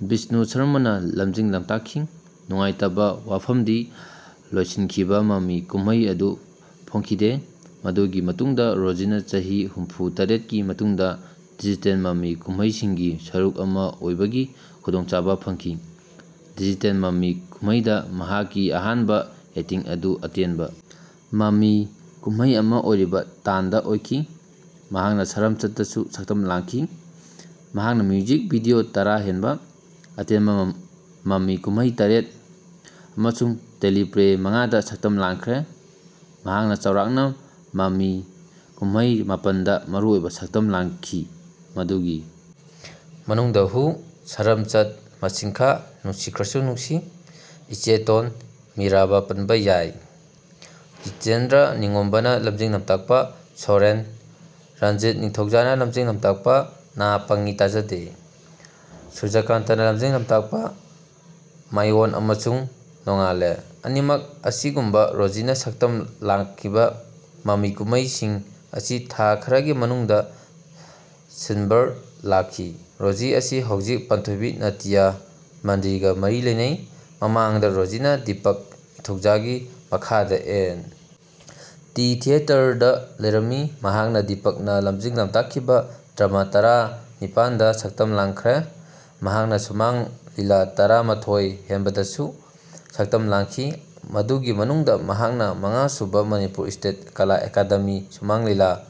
ꯕꯤꯁꯅꯨ ꯁꯔꯃꯥꯅ ꯂꯝꯖꯤꯡ-ꯂꯝꯇꯥꯛꯈꯤ꯫ ꯅꯨꯡꯉꯥꯏꯇꯕ ꯋꯥꯐꯝꯗꯤ ꯂꯣꯏꯁꯤꯟꯈꯤꯕ ꯃꯃꯤ ꯀꯨꯝꯍꯩ ꯑꯗꯨ ꯐꯣꯡꯈꯤꯗꯦ꯫ ꯃꯗꯨꯒꯤ ꯃꯇꯨꯡꯗ ꯔꯣꯖꯤꯅ ꯆꯍꯤ ꯍꯨꯝꯐꯨ ꯇꯔꯦꯠꯀꯤ ꯃꯇꯨꯡꯗ ꯗꯤꯖꯤꯇꯦꯜ ꯃꯃꯤ ꯀꯨꯝꯍꯩꯁꯤꯡꯒꯤ ꯁꯔꯨꯛ ꯑꯃ ꯑꯣꯏꯕꯒꯤ ꯈꯨꯗꯣꯡꯆꯥꯕ ꯐꯪꯈꯤ꯫ ꯗꯤꯖꯤꯇꯦꯜ ꯃꯃꯤ ꯀꯨꯝꯍꯩꯗ ꯃꯍꯥꯛꯀꯤ ꯑꯍꯥꯟꯕ ꯑꯦꯛꯇꯤꯡ ꯑꯗꯨ ꯑꯇꯦꯟꯕ ꯃꯃꯤ ꯀꯨꯝꯍꯩ ꯑꯃ ꯑꯣꯏꯔꯤꯕ 'ꯇꯥꯟ'ꯗ ꯑꯣꯏꯈꯤ꯫ ꯃꯍꯥꯛꯅ "ꯁꯔꯝꯆꯦꯠ"ꯗꯁꯨ ꯁꯛꯇꯝ ꯂꯥꯡꯈꯤ꯫ ꯃꯍꯥꯛꯅ ꯃ꯭ꯌꯨꯖꯤꯛ ꯚꯤꯗꯤꯑꯣ ꯇꯔꯥ ꯍꯦꯟꯕ, ꯑꯇꯦꯟꯕ ꯃꯃꯤ ꯀꯨꯝꯍꯩ ꯇꯔꯦꯠ ꯑꯃꯁꯨꯡ ꯇꯦꯂꯤꯄ꯭ꯂꯦ ꯃꯉꯥꯗ ꯁꯛꯇꯝ ꯂꯥꯡꯈ꯭ꯔꯦ꯫ ꯃꯍꯥꯛꯅ ꯆꯥꯎꯔꯥꯛꯅ ꯃꯃꯤ ꯀꯨꯝꯍꯩ ꯃꯥꯄꯟꯗ ꯃꯔꯨꯑꯣꯏꯕ ꯁꯛꯇꯝ ꯂꯥꯡꯈꯤ꯫ ꯃꯗꯨꯒꯤ ꯃꯅꯨꯡꯗ ꯍꯨ, ꯁꯔꯝꯆꯠ, ꯃꯥꯁꯤꯡꯈꯥ, ꯅꯨꯡꯁꯤꯗ꯭ꯔꯁꯨ ꯅꯨꯡꯁꯤ, ꯏꯆꯦꯇꯣꯟ, ꯃꯤꯔꯥꯕꯥ ꯄꯟꯕ ꯌꯥꯏ꯫ ꯖꯤꯇꯦꯟꯗ꯭ꯔ ꯅꯤꯡꯒꯣꯝꯕꯥꯅ ꯂꯝꯖꯤꯡ-ꯂꯝꯇꯥꯛꯄ 'ꯁꯣꯔꯦꯟ', ꯔꯟꯖꯤꯠ ꯅꯤꯡꯊꯧꯖꯥꯅ ꯂꯝꯖꯤꯡ-ꯂꯝꯇꯥꯛꯄ 'ꯅꯥ ꯄꯪ-ꯏ ꯇꯥꯖꯥꯗꯦ', ꯁꯨꯔꯖꯥꯀꯥꯟꯇꯅ ꯂꯝꯖꯤꯡ-ꯂꯝꯇꯥꯛꯄ 'ꯃꯥꯏ-ꯑꯣꯟ' ꯑꯃꯁꯨꯡ 'ꯅꯣꯡꯉꯥꯜꯂꯦ' ꯑꯅꯤꯃꯛ ꯑꯁꯤꯒꯨꯝꯕ ꯔꯣꯖꯤꯅ ꯁꯛꯇꯝ ꯂꯥꯡꯈꯤꯕ ꯃꯃꯤ ꯀꯨꯝꯍꯩꯁꯤꯡ ꯑꯁꯤ ꯊꯥ ꯈꯔꯒꯤ ꯃꯅꯨꯡꯗ ꯁꯤꯜꯚꯔꯗ ꯂꯥꯛꯂꯤ꯫ ꯔꯣꯖꯤ ꯑꯁꯤ ꯍꯧꯖꯤꯛ ꯄꯥꯟꯊꯣꯏꯕꯤ ꯅꯥꯇ꯭ꯌ ꯃꯟꯗꯤꯔꯒ ꯃꯔꯤ ꯂꯩꯅꯩ꯫ ꯃꯃꯥꯡꯗ ꯔꯣꯖꯤꯅ ꯗꯤꯄꯛ ꯅꯤꯡꯊꯧꯖꯥꯒꯤ ꯃꯈꯥꯗ ꯑꯦꯟ. ꯇꯤ. ꯊꯤꯌꯦꯇꯔꯗ ꯂꯩꯔꯝꯃꯤ꯫ ꯃꯍꯥꯛꯅ ꯗꯤꯄꯛꯅ ꯂꯝꯖꯤꯡ-ꯂꯝꯇꯥꯛꯈꯤꯕ ꯗ꯭ꯔꯃꯥ ꯇꯔꯥ ꯅꯤꯄꯥꯜꯗ ꯁꯛꯇꯝ ꯂꯥꯡꯈ꯭ꯔꯦ꯫ ꯃꯍꯥꯛꯅ ꯁꯨꯃꯥꯡ ꯂꯤꯂꯥ ꯇꯔꯥ ꯃꯊꯣꯏ ꯍꯦꯟꯕꯗꯁꯨ ꯁꯛꯇꯝ ꯂꯥꯡꯈꯤ ꯃꯗꯨꯒꯤ ꯃꯅꯨꯡꯗ ꯃꯍꯥꯛꯅ ꯃꯉꯥꯁꯨꯕ ꯃꯅꯤꯄꯨꯔ ꯁ꯭ꯇꯦꯠ ꯀꯥꯂꯥ ꯑꯦꯀꯥꯗꯦꯃꯤ ꯁꯨꯃꯥꯡ ꯂꯤꯂꯥ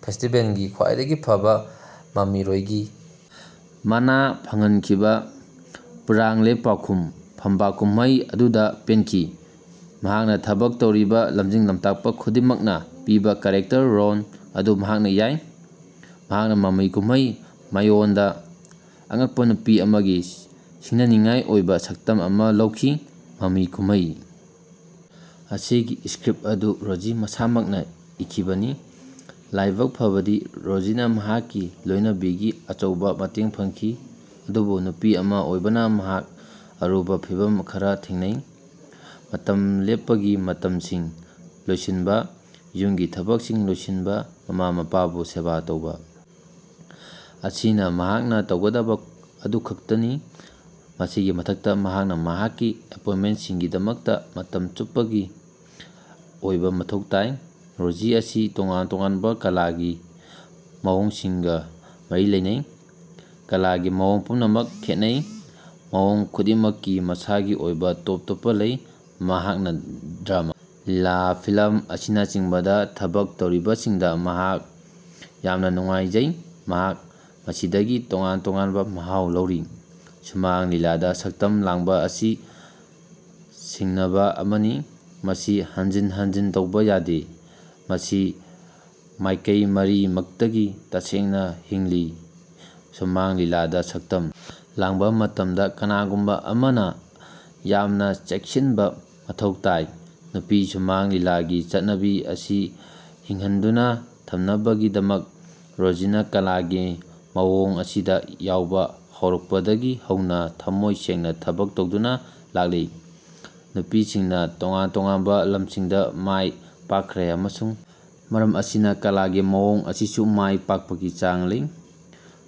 ꯐꯦꯁꯇꯤꯕꯦꯜꯒꯤ ꯈ꯭ꯋꯥꯏꯗꯒꯤ ꯐꯕ ꯃꯃꯤꯔꯣꯏꯒꯤ ꯃꯅꯥ ꯐꯪꯍꯟꯈꯤꯕ 'ꯄꯨꯔꯥꯛꯂꯦ ꯄꯥꯎꯈꯨꯝ' ꯐꯝꯕꯥꯛ ꯀꯨꯝꯍꯩ ꯑꯗꯨꯗ ꯄꯦꯟꯈꯤ꯫ ꯃꯍꯥꯛꯅ ꯊꯕꯛ ꯇꯧꯔꯤꯕ ꯂꯝꯖꯤꯡ-ꯂꯝꯇꯥꯛꯄ ꯈꯨꯗꯤꯡꯃꯛꯅ ꯄꯤꯕ ꯀꯦꯔꯦꯛꯇꯔ ꯔꯣꯜ ꯑꯗꯨ ꯃꯍꯥꯛꯅ ꯌꯥꯏ꯫ ꯃꯍꯥꯛꯅ ꯃꯃꯤ ꯀꯨꯝꯍꯩ 'ꯃꯥꯏ-ꯑꯣꯟ'ꯗ ꯑꯉꯛꯄ ꯅꯨꯄꯤ ꯑꯃꯒꯤ ꯁꯤꯡꯅꯅꯤꯡꯉꯥꯏ ꯑꯣꯏꯕ ꯁꯛꯇꯝ ꯑꯃꯥ ꯂꯧꯈꯤ꯫ ꯃꯃꯤ ꯀꯨꯝꯍꯩ ꯑꯁꯤꯒꯤ ꯁ꯭ꯀ꯭ꯔꯤꯞ ꯑꯗꯨ ꯔꯣꯖꯤ ꯃꯁꯥꯃꯛꯅ ꯏꯈꯤꯕꯅꯤ꯫ ꯂꯥꯏꯕꯛ ꯐꯕꯗꯤ, ꯔꯣꯖꯤꯅ ꯃꯍꯥꯛꯀꯤ ꯂꯣꯏꯅꯕꯤꯒꯤ ꯑꯆꯧꯕ ꯃꯇꯦꯡ ꯐꯪꯉꯤ꯫ ꯑꯗꯨꯕꯨ ꯅꯨꯄꯤ ꯑꯃ ꯑꯣꯏꯕꯅ ꯃꯍꯥꯛ ꯑꯔꯨꯕ ꯐꯤꯚꯝ ꯈꯔ ꯊꯦꯡꯅꯩ꯫ ꯃꯇꯝ ꯂꯦꯞꯄꯒꯤ ꯃꯇꯝꯁꯤꯡ ꯂꯣꯏꯁꯤꯟꯕ, ꯌꯨꯝꯒꯤ ꯊꯕꯛꯁꯤꯡ ꯂꯣꯏꯁꯤꯟꯕ, ꯃꯃꯥ-ꯃꯄꯥꯕꯨ ꯁꯦꯕꯥ ꯇꯧꯕ ꯑꯁꯤꯅ ꯃꯍꯥꯛꯅ ꯇꯧꯒꯗꯕ ꯑꯗꯨꯈꯛꯇꯅꯤ꯫ ꯃꯁꯤꯒꯤ ꯃꯊꯛꯇ, ꯃꯍꯥꯛꯅ ꯃꯍꯥꯛꯀꯤ ꯑꯦꯄꯣꯏꯟꯃꯦꯟ꯭ꯇꯁꯤꯡꯒꯤꯗꯃꯛꯇ ꯃꯇꯝ ꯆꯨꯞꯄꯒꯤ ꯑꯣꯏꯕ ꯃꯊꯧ ꯇꯥꯏ꯫ ꯔꯣꯖꯤ ꯑꯁꯤ ꯇꯣꯉꯥꯟ-ꯇꯣꯉꯥꯟꯕ ꯀꯂꯥꯒꯤ ꯃꯑꯣꯡꯁꯤꯡꯒ ꯃꯔꯤ ꯂꯩꯅꯩ꯫ ꯀꯂꯥꯒꯤ ꯃꯑꯣꯡ ꯄꯨꯝꯅꯃꯛ ꯈꯦꯠꯅꯩ꯫ ꯃꯑꯣꯡ ꯈꯨꯗꯤꯡꯃꯛꯀꯤ ꯃꯁꯥꯒꯤ ꯑꯣꯏꯕ ꯇꯣꯞ-ꯇꯣꯞꯄ ꯂꯩ꯫ ꯃꯍꯥꯛꯅ ꯗ꯭ꯔꯃꯥ, ꯂꯤꯂꯥ, ꯐꯤꯜꯝ ꯑꯁꯤꯅꯆꯤꯡꯕꯗ ꯊꯕꯛ ꯇꯧꯔꯤꯕꯁꯤꯗ ꯃꯍꯥꯛ ꯌꯥꯝꯅ ꯅꯨꯡꯉꯥꯏꯖꯩ꯫ ꯃꯍꯥꯛ ꯃꯁꯤꯗꯒꯤ ꯇꯣꯉꯥꯟ-ꯇꯣꯉꯥꯟꯕ ꯃꯍꯥꯎ ꯂꯧꯔꯤ꯫ ꯁꯨꯃꯥꯡ ꯂꯤꯂꯥꯗ ꯁꯛꯇꯝ ꯂꯥꯡꯕ ꯑꯁꯤ ꯁꯤꯡꯅꯕ ꯑꯃꯅꯤ, ꯃꯁꯤ ꯍꯟꯖꯤꯟ ꯍꯟꯖꯤꯟ ꯇꯧꯕ ꯌꯥꯗꯦ꯫ ꯃꯁꯤ ꯃꯥꯏꯀꯩ ꯃꯔꯤꯃꯛꯇꯒꯤ ꯇꯁꯦꯡꯅ ꯍꯤꯡꯉꯤ꯫ ꯁꯨꯃꯥꯡ ꯂꯤꯂꯥꯗ ꯁꯛꯇꯝ ꯂꯥꯡꯕ ꯃꯇꯝꯗ ꯀꯅꯥꯒꯨꯝꯕ ꯑꯃꯅ ꯌꯥꯝꯅ ꯆꯦꯛꯁꯤꯟꯕ ꯃꯊꯧ ꯇꯥꯏ꯫ ꯅꯨꯄꯤ ꯁꯨꯃꯥꯡ ꯂꯤꯂꯥꯒꯤ ꯆꯠꯅꯕꯤ ꯑꯁꯤ ꯍꯤꯡꯍꯟꯗꯨꯅ ꯊꯝꯅꯕꯒꯤꯗꯃꯛ, ꯔꯣꯖꯤꯅ ꯀꯂꯥꯒꯤ ꯃꯑꯣꯡ ꯑꯁꯤꯗ ꯌꯥꯎꯕ ꯍꯧꯔꯛꯄꯗꯒꯤ ꯍꯧꯅ ꯊꯃꯣꯏ ꯁꯦꯡꯅ ꯊꯕꯛ ꯇꯧꯗꯨꯅ ꯂꯥꯛꯂꯤ꯫ ꯅꯨꯄꯤꯁꯤꯡꯅ ꯇꯣꯉꯥꯟ-ꯇꯣꯉꯥꯟꯕ ꯂꯝꯁꯤꯡꯗ ꯃꯥꯏ ꯄꯥꯛꯈ꯭ꯔꯦ ꯑꯃꯁꯨꯡ ꯃꯔꯝ ꯑꯁꯤꯅ ꯀꯂꯥꯒꯤ ꯃꯑꯣꯡ ꯑꯁꯤꯁꯨ ꯃꯥꯏ ꯄꯥꯛꯄꯒꯤ ꯆꯥꯡ ꯂꯩ꯫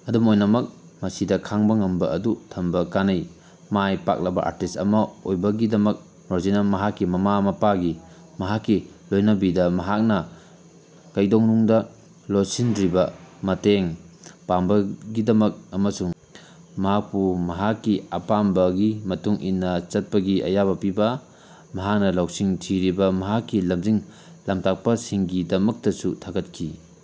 ꯑꯗꯨꯝ ꯑꯣꯏꯅꯃꯛ, ꯃꯁꯤꯗ ꯈꯥꯡꯕ ꯉꯝꯕ ꯑꯗꯨ ꯊꯝꯕ ꯀꯥꯟꯅꯩ꯫ ꯃꯥꯏ ꯄꯥꯛꯂꯕ ꯑꯥꯔꯇꯤꯁ ꯑꯃꯥ ꯑꯣꯏꯕꯒꯤꯗꯃꯛ ꯔꯣꯖꯤꯅ ꯃꯍꯥꯛꯀꯤ ꯃꯃꯥ-ꯃꯄꯥꯒꯤ, ꯃꯍꯥꯛꯀꯤ ꯂꯣꯏꯅꯕꯤꯗ ꯃꯍꯥꯛꯅ ꯀꯩꯗꯧꯅꯨꯡꯗ ꯂꯣꯏꯁꯤꯟꯗ꯭ꯔꯤꯕ ꯃꯇꯦꯡ ꯄꯥꯡꯕꯒꯤꯗꯃꯛ ꯑꯃꯁꯨꯡ ꯃꯍꯥꯛꯄꯨ ꯃꯍꯥꯛꯀꯤ ꯑꯄꯥꯝꯕꯒꯤ ꯃꯇꯨꯡ ꯏꯟꯅ ꯆꯠꯄꯒꯤ ꯑꯌꯥꯕ ꯄꯤꯕ, ꯃꯍꯥꯛꯅ ꯂꯧꯁꯤꯡ ꯊꯤꯔꯤꯕ ꯃꯍꯥꯛꯀꯤ ꯂꯝꯖꯤꯡ-ꯂꯝꯇꯥꯛꯄꯁꯤꯡꯒꯤꯗꯃꯛꯇꯁꯨ ꯊꯥꯒꯠꯈꯤ꯫